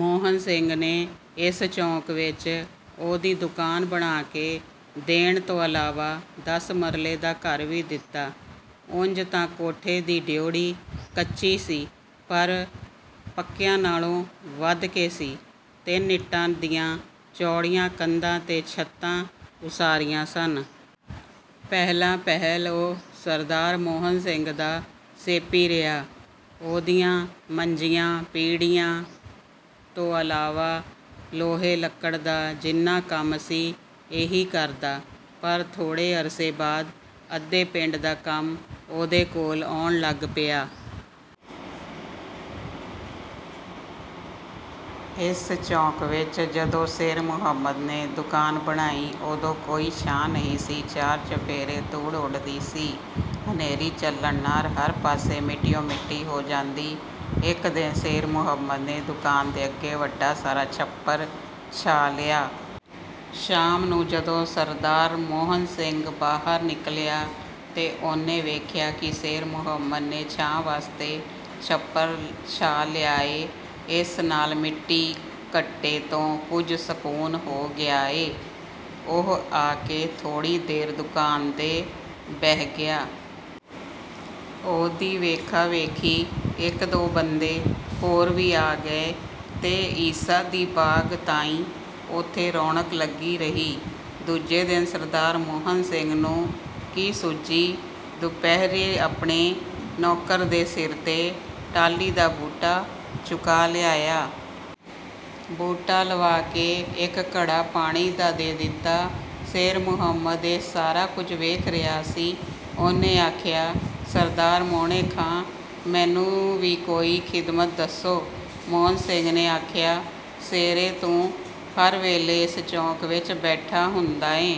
ਮੋਹਨ ਸਿੰਘ ਨੇ ਇਸ ਚੌਕ ਵਿਚ ਉਹਦੀ ਦੁਕਾਨ ਬਣਾ ਕੇ ਦੇਣ ਤੋਂ ਇਲਾਵਾ ਦਸ ਮਰਲੇ ਦਾ ਘਰ ਵੀ ਦਿੱਤਾ। ਉਂਜ ਤਾਂ ਕੋਠੇ ਤੇ ਡਿਓੜੀ ਕੱਚੀ ਸੀ, ਪਰ ਪੱਕਿਆਂ ਨਾਲੋਂ ਵਧ ਕੇ ਸੀ। ਤਿੰਨ ਇੱਟਾਂ ਦੀਆਂ ਚੌੜੀਆਂ ਕੰਧਾਂ ਤੇ ਛੱਤਾਂ ਉਸਾਰੀਆਂ ਸਨ। ਪਹਿਲਾਂ-ਪਹਿਲ ਉਹ ਸਰਦਾਰ ਮੋਹਨ ਸਿੰਘ ਦਾ ਸੇਪੀ ਰਿਹਾ। ਉਹਦੀਆਂ ਮੰਜੀਆਂ, ਪੀੜ੍ਹੀਆਂ ਤੋਂ ਇਲਾਵਾ ਲੋਹੇ-ਲੱਕੜ ਦਾ ਜਿੰਨਾ ਕੰਮ ਸੀ, ਇਹੀ ਕਰਦਾ, ਪਰ ਥੋੜ੍ਹੇ ਅਰਸੇ ਬਾਅਦ ਅੱਧੇ ਪਿੰਡ ਦਾ ਕੰਮ ਉਹਦੇ ਕੋਲ ਆਉਣ ਲੱਗ ਪਿਆ। ਇਸ ਚੌਕ ਵਿਚ ਜਦੋਂ ਸ਼ੇਰ ਮੁਹੰਮਦ ਨੇ ਦੁਕਾਨ ਬਣਾਈ, ਉਦੋਂ ਕੋਈ ਛਾਂ ਨਹੀਂ ਸੀ। ਚਾਰ-ਚੁਫੇਰੇ ਧੂੜ ਉੱਡਦੀ ਸੀ। ਹਨੇਰੀ ਚੱਲਣ ਨਾਲ ਹਰ ਪਾਸੇ ਮਿੱਟੀਓਂ-ਮਿੱਟੀ ਹੋ ਜਾਂਦੀ। ਇਕ ਦਿਨ ਸ਼ੇਰ ਮੁਹੰਮਦ ਨੇ ਦੁਕਾਨ ਦੇ ਅੱਗੇ ਵੱਡਾ ਸਾਰਾ ਛੱਪਰ ਛਾ ਲਿਆ। ਸ਼ਾਮ ਨੂੰ ਜਦੋਂ ਸਰਦਾਰ ਮੋਹਨ ਸਿੰਘ ਬਾਹਰ ਨਿਕਲਿਆ ਤੇ ਉਹਨੇ ਵੇਖਿਆ ਕਿ ਸ਼ੇਰ ਮੁਹੰਮਦ ਨੇ ਛਾਂ ਵਾਸਤੇ ਛੱਪਰ ਛਾ ਲਿਆ ਏ। ਇਸ ਨਾਲ ਮਿੱਟੀ-ਘੱਟੇ ਤੋਂ ਕੁਝ ਸਕੂਨ ਹੋ ਗਿਆ ਏ। ਉਹ ਆ ਕੇ ਥੋੜ੍ਹੀ ਦੇਰ ਦੁਕਾਨ 'ਤੇ ਬਹਿ ਗਿਆ। ਉਹਦੀ ਵੇਖਾ-ਵੇਖੀ ਇਕ-ਦੋ ਬੰਦੇ ਹੋਰ ਵੀ ਆ ਗਏ ਤੇ ਇਸ਼ਾ ਦੀ ਬਾਂਗ ਤਾਈਂ ਉੱਥੇ ਰੌਣਕ ਲੱਗੀ ਰਹੀ। ਦੂਜੇ ਦਿਨ ਸਰਦਾਰ ਮੋਹਨ ਸਿੰਘ ਨੂੰ ਕੀ ਸੁੱਝੀ, ਦੁਪਹਿਰੀਂ ਆਪਣੇ ਨੌਕਰ ਦੇ ਸਿਰ 'ਤੇ ਟਾਹਲੀ ਦਾ ਬੂਟਾ ਚੁਕਾ ਲਿਆਇਆ। ਬੂਟਾ ਲਵਾ ਕੇ ਇਕ ਘੜਾ ਪਾਣੀ ਦਾ ਦੇ ਦਿੱਤਾ। ਸ਼ੇਰ ਮੁਹੰਮਦ ਇਹ ਸਾਰਾ ਕੁਝ ਵੇਖ ਰਿਹਾ ਸੀ। ਉਹਨੇ ਆਖਿਆ, "ਸਰਦਾਰ ਮੋਹਣੇ ਖਾਂ! ਮੈਨੂੰ ਵੀ ਕੋਈ ਖ਼ਿਦਮਤ ਦੱਸੋ।" ਮੋਹਨ ਸਿੰਘ ਨੇ ਆਖਿਆ, "ਸ਼ੇਰੇ, ਤੂੰ ਹਰ ਵੇਲੇ ਇਸ ਚੌਕ ਵਿਚ ਬੈਠਾ ਹੁੰਦਾ ਐਂ।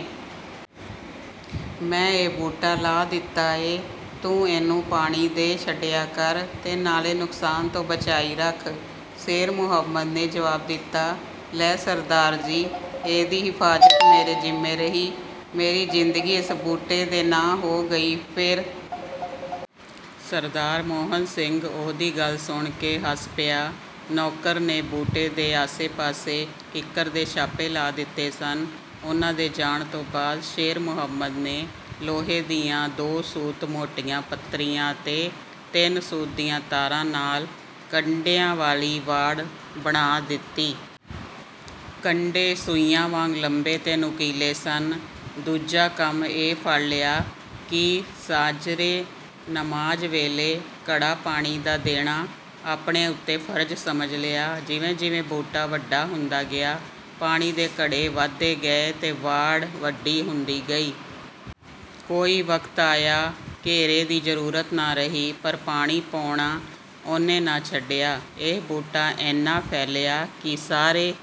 ਮੈਂ ਇਹ ਬੂਟਾ ਲਾ ਦਿੱਤਾ ਏ। ਤੂੰ ਇਹਨੂੰ ਪਾਣੀ ਦੇ ਛੱਡਿਆ ਕਰ ਤੇ ਨਾਲੇ ਨੁਕਸਾਨ ਤੋਂ ਬਚਾਈ ਰੱਖ।" ਸ਼ੇਰ ਮੁਹੰਮਦ ਨੇ ਜਵਾਬ ਦਿੱਤਾ, "ਲੈ ਸਰਦਾਰ ਜੀ, ਇਹਦੀ ਹਿਫ਼ਾਜ਼ਤ ਮੇਰੇ ਜ਼ਿੰਮੇ ਰਹੀ। ਮੇਰੀ ਜ਼ਿੰਦਗੀ ਇਸ ਬੂਟੇ ਦੇ ਨਾਂ ਹੋ ਗਈ ਫਿਰ।" ਸਰਦਾਰ ਮੋਹਨ ਸਿੰਘ ਉਹਦੀ ਗੱਲ ਸੁਣ ਕੇ ਹੱਸ ਪਿਆ। ਨੌਕਰ ਨੇ ਬੂਟੇ ਦੇ ਆਸੇ-ਪਾਸੇ ਕਿੱਕਰ ਦੇ ਛਾਪੇ ਲਾ ਦਿੱਤੇ ਸਨ। ਉਨ੍ਹਾਂ ਦੇ ਜਾਣ ਤੋਂ ਬਾਅਦ ਸ਼ੇਰ ਮੁਹੰਮਦ ਨੇ ਲੋਹੇ ਦੀਆਂ ਦੋ ਸੂਤ ਮੋਟੀਆਂ ਪੱਤਰੀਆਂ ਤੇ ਤਿੰਨ ਸੂਤ ਦੀਆਂ ਤਾਰਾਂ ਨਾਲ ਕੰਡਿਆਂ ਵਾਲੀ ਵਾੜ ਬਣਾ ਦਿੱਤੀ। ਕੰਡੇ ਸੂਈਆਂ ਵਾਂਗ ਲੰਮੇ ਤੇ ਨੁਕੀਲੇ ਸਨ। ਦੂਜਾ ਕੰਮ ਇਹ ਫੜ ਲਿਆ ਕਿ ਸਾਝਰੇ ਨਮਾਜ਼ ਵੇਲੇ ਘੜਾ ਪਾਣੀ ਦਾ ਦੇਣਾ ਆਪਣੇ ਉੱਤੇ ਫ਼ਰਜ਼ ਸਮਝ ਲਿਆ। ਜਿਵੇਂ-ਜਿਵੇਂ ਬੂਟਾ ਵੱਡਾ ਹੁੰਦਾ ਗਿਆ, ਪਾਣੀ ਦੇ ਘੜੇ ਵਧਦੇ ਗਏ ਤੇ ਵਾੜ ਵੱਡੀ ਹੁੰਦੀ ਗਈ। ਕੋਈ ਵਕਤ ਆਇਆ, ਘੇਰੇ ਦੀ ਜ਼ਰੂਰਤ ਨਾ ਰਹੀ, ਪਰ ਪਾਣੀ ਪਾਉਣਾ ਉਹਨੇ ਨਾ ਛੱਡਿਆ। ਇਹ ਬੂਟਾ ਇੰਨਾ ਫੈਲਿਆ, ਕਿ ਸਾਰੇ...